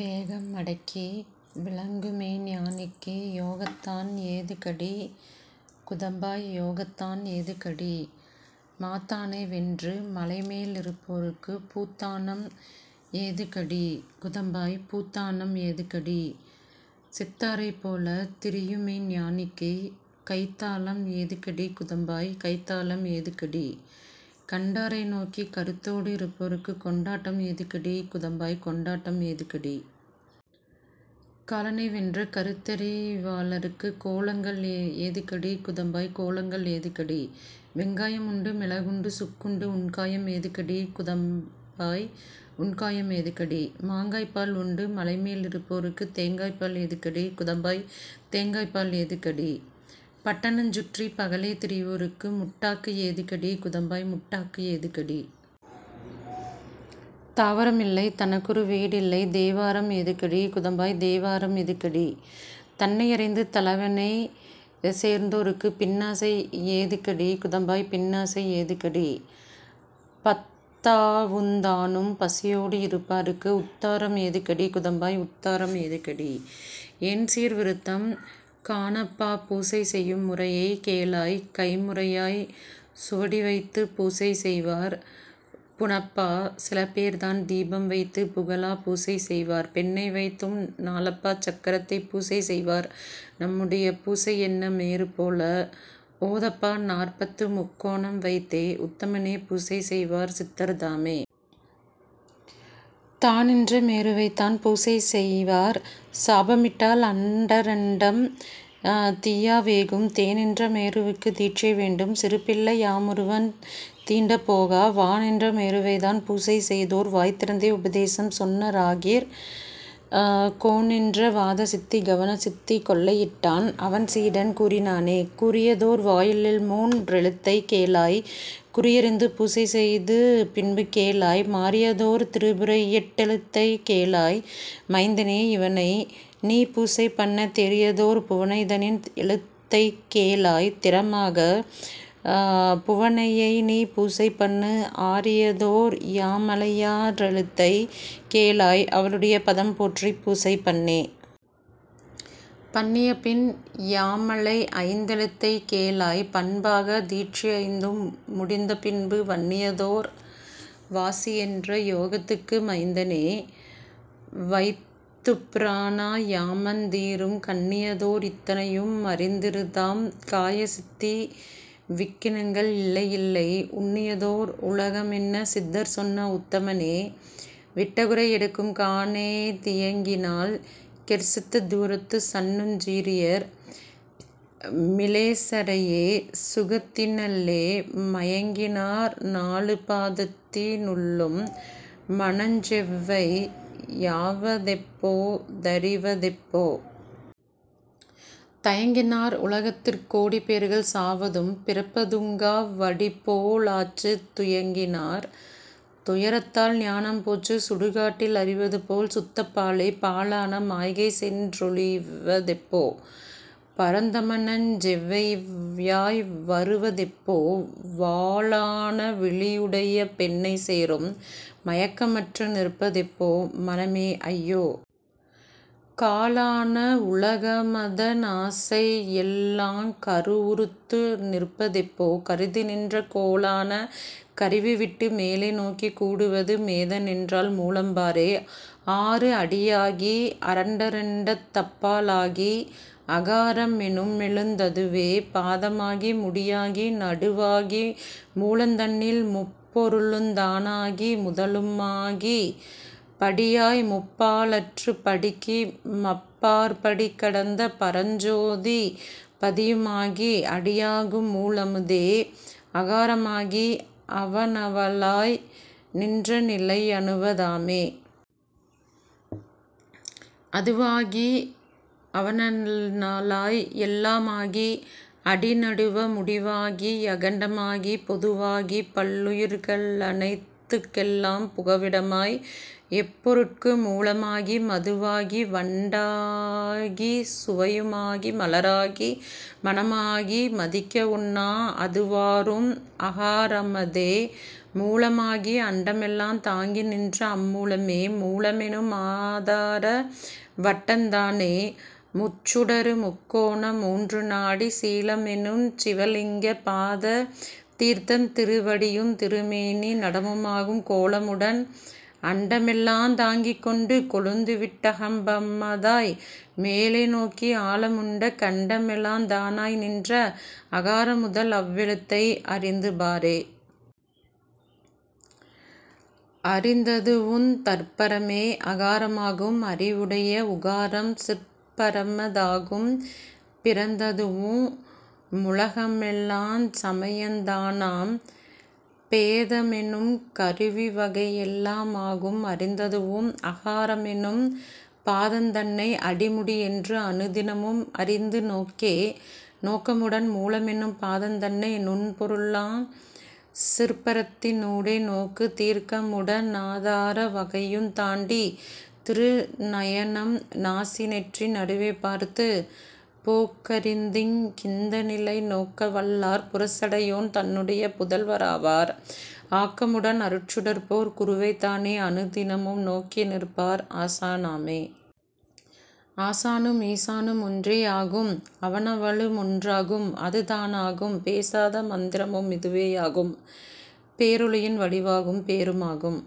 வேகம் அடக்கி விளங்குமெய்ஞ் ஞானிக்கு யோகத்தான் ஏதுக்கடி குதம்பாய் யோகத்தான் ஏதுக்கடி? மாத்தானை வென்று மலைமேல் இருப்போர்க்குப் பூத்தானம் ஏதுக்கடி குதம்பாய் பூத்தானம் ஏதுக்கடி? செத்தாரைப் போலத் திரியுமெய்ஞ் ஞானிக்கு கைத்தாளம் ஏதுக்கடி குதம்பாய் கைத்தாளம் ஏதுக்கடி? கண்டாரை நோக்கிக் கருத்தோடு இருப்போர்க்குக் கொண்டாட்டம் ஏதுக்கடி குதம்பாய் கொண்டாட்டம் ஏதுக்கடி? காலனை வென்ற கருத்தறி வாளர்க்குக் கோலங்கள் ஏதுக்கடி குதம்பாய் கோலங்கள் ஏதுக்கடி? வெங்காயம் உண்டு மிளகுண்டு சுக்குண்டு உண்காயம் ஏதுக்கடி குதம்பாய் உண்காயம் ஏதுக்கடி? மாங்காய்ப்பால் உண்டு மலைமேல் இருப்போர்க்குத் தேங்காய்ப்பால் ஏதுக்கடி குதம்பாய் தேங்காய்ப்பால் ஏதுக்கடி? பட்டணஞ் சுற்றிப் பகலே திரிவோர்க்கு முட்டாக்கு ஏதுக்கடி குதம்பாய் முட்டாக்கு ஏதுக்கடி? தாவரமில்லை தனக்கொரு வீடில்லை தேவாரம் ஏதுக்கடி குதம்பாய் தேவாரம் ஏதுக்கடி? தன்னை அறிந்து தலைவனைச் சேர்ந்தோர்க்குப் பின்னாசை ஏதுக்கடி குதம்பாய் பின்னாசை ஏதுக்கடி? பத்தாவுந் தானும் பசியோடு இருப்பார்க்கு உத்தாரம் ஏதுக்கடி குதம்பாய் உத்தாரம் ஏதுக்கடி? எண்சீர் விருத்தம் காணப்பா பூசைசெய்யும் முறையைக் கேளாய் கைம்முறையாய்ச் சுவடிவைத்துப் பூசை செய்வார் பூணப்பா சிலபேர்தான் தீபம் வைத்துப் புகழாகப் பூசை செய்வார் பெண்ணை வைத்தும் நாளப்பா சக்கரத்தைப் பூசை செய்வார் நம்முடைய பூசையென்ன மேருப் போலே ஓதப்பா நாற்பத்துமுக் கோணம் வைத்தே உத்தமனே பூசை செய்வார் சித்தர்தாமே. தானென்ற மேருவைத்தான் பூசை செய்வார் சாபமிட்டால் அண்டரண்டம் தீயா வேகும் தேனென்ற மேருவுக்குத் தீட்சை வேண்டும் சிறுபிள்ளை யாமொருவன் தீண்டப்போகா வானென்ற மேருவைதான் பூசை செய்தோர் வாய்திறந்தே உபதேசம் சொன்ன ராகிற் கோனென்ற வாதசித்தி கவன சித்தி கொள்ளையிட்டான் அவன் சீடன் கூறினானே. கூறியதோர் வாயிலையின்மூன் றெழுத்தைக் கேளாய் குறியறிந்து பூசை செய்து பின்பு கேளாய் மாறியதோர் திரிபுரையெட் டெழுத்தைக் கேளாய் மைந்தனே இவனை நீபூசை பண்ணத் தேறியதோர் புவனைதனின் எழுத்தைக் கேளாய் திறமாகப் புவனையைநீ பூசை பண்ணு ஆறியதோர் யாமளையா றெழுத்தை கேளாய் அவளுடைய பதம் போற்றிப் பூசைபண்ணே. பண்ணியபின் யாமளைஐந் தெழுத்தைக் கேளாய் பண்பாகத் தீட்சையைந்தும் முடிந்த பின்பு வண்ணியதோர் வாசியென்ற யோகத் துக்கு மைந்தனே வைத்துப்ராணா யாமந் தீரும் கண்ணியதோர் இத்தனையும் அறிந்தி ருந்தாம் காயசித்தி விக்கினங்கள் இல்லை யில்லை உண்ணியதோர் உலகமென்ன சித்தர் சொன்ன உத்தமனே விட்டகுறை எடுக்கும் காணே தியங்கினால் கெர்சித்துத் துரத்துச் சண்ணுஞ் சீறியர் மிலேச்சரையே சுகத்தினள்ளே மயங்கினார் நாலுபா தத்தி னுள்ளும் மனஞ்செவ்வை யாவதெப்போ தறிவதெப்போ? தயங்கினார் உலகத்திற் கோடி பேர்கள் சாவதும் பிறப்பதுங்கா வடிபோ லாச்சு துயங்கினார் துயரத்தால் ஞானம் போச்சு சுடுகாட்டில் அறிவதுபோல் சுத்தப் பாழே. பாழான மாய்கைசென் றொழிவ தெப்போ? பரந் தமனஞ் செவ்வையாய் வருவ தெப்போ? வாளான விழியுடைய பெண்ணைச் சேரும் மயக்கமற்று நிற்பதெப்போ? மனமே ஐயோ? காழான உலகமத னாசை யெல்லாங் கருவுறுத்து நிற்பதெப்போ? கருதி நின்ற கோளான கருவிவிட்டு மேலே நோக்கிக் கூடுவது மேதனென்றால் மூலம்பாரே. ஆறு அடியாகி அரண்டரண்டத் தப்பால் ஆகி அகாரமெனுமெழுத் ததுவே பாதமாகி முடியாகி நடுவாகி மூலந் தன்னில் முப்பொருளுந் தானாகி முதலுமாகிப் படியாய்முப் பாழற்றுப் படிக்கு மப்பாற் படிகடந்த பரஞ்சோதிப் பதியுமாகி அடியாகு மூலமதே அகார மாகி அவனவளாய் நின்றநிலை யணுவ தாமே. அதுவாகி அவனளாய் எல்லா மாகி அடிநடுவு முடிவாகி யகண்ட மாகிப் பொதுவாகிப் பல்லுயிர்க ளனைத்துக் கெல்லாம் புகவிடமாய் எப்பொருட்கு மூலமாகி மதுவாகி வண்டாகிச் சுவையு மாகி மலராகி மணமாகி மதிக்க வொண்ணா அதுவாரும் அகாரமதே மூலமாகி அண்டமெல்லாந் தாங்கிநின்ற அம்மூலமே. மூலமெனு மாதார வட்டந் தானே முச்சுடரு முக்கோண மூன்று நாடிச் சீலமெனுஞ் சிவலிங்க பாத தீர்த்தந் திருவடியுந் திருமேனி நடமுமாகும் கோலமுடன் அன்ட மெல்லாந் தாங்கிக்கொண்டு கொழுந்து விட்டகம்பமதாய் மேலேநோக்கி ஆலமுண்ட கண்டமெலாந் தானாய் நின்ற அகாரமுதல் அவ்வெழுத்தை அறிந்துபாரே. அரிந்ததுவுந் தற்பரமே அகார மாகும் அறிவுடைய உகாரம்சிற் பரம தாகும் பிறந்ததுவு முலகமெலாஞ் சமயந் தானாம் பேதமெனுங் கருவிவகை யெல்லா மாகும் அறிந்ததுவும் அகாரமெனும் பாதந் தன்னை அடிமுடியென்று அனுதினமும் அறிந்து நோக்கே. நோக்கமுடன் மூலமெனும் பாதந் தன்னை நுண்பொருளாஞ் சிற்பரத்தினூடே நோக்கு தீர்க்கமுட னாதார வகையுந் தாண்டித் திருநயனம் நாசிநெற்றி நடுவே பார்த்துப் போக்கறிந்திங் கிந்தநிலை நோக்க வல்லார் புரிசடையோன் தன்னுடைய புதல்வ ராவார் ஆக்கமுடன் அருட்சுடர்போற் குருவைத் தானே அனுதினமும் நோக்கி நிற்பார் ஆசானாமே. ஆசானு மீசானு மொன்றே யாகும் அவனவளு மொன்றாகும் அது தானாகும் பேசாத மந்திரமு மிதுவே யாகும் பேரொளியின் வடிவாகும் பேரு மாகும்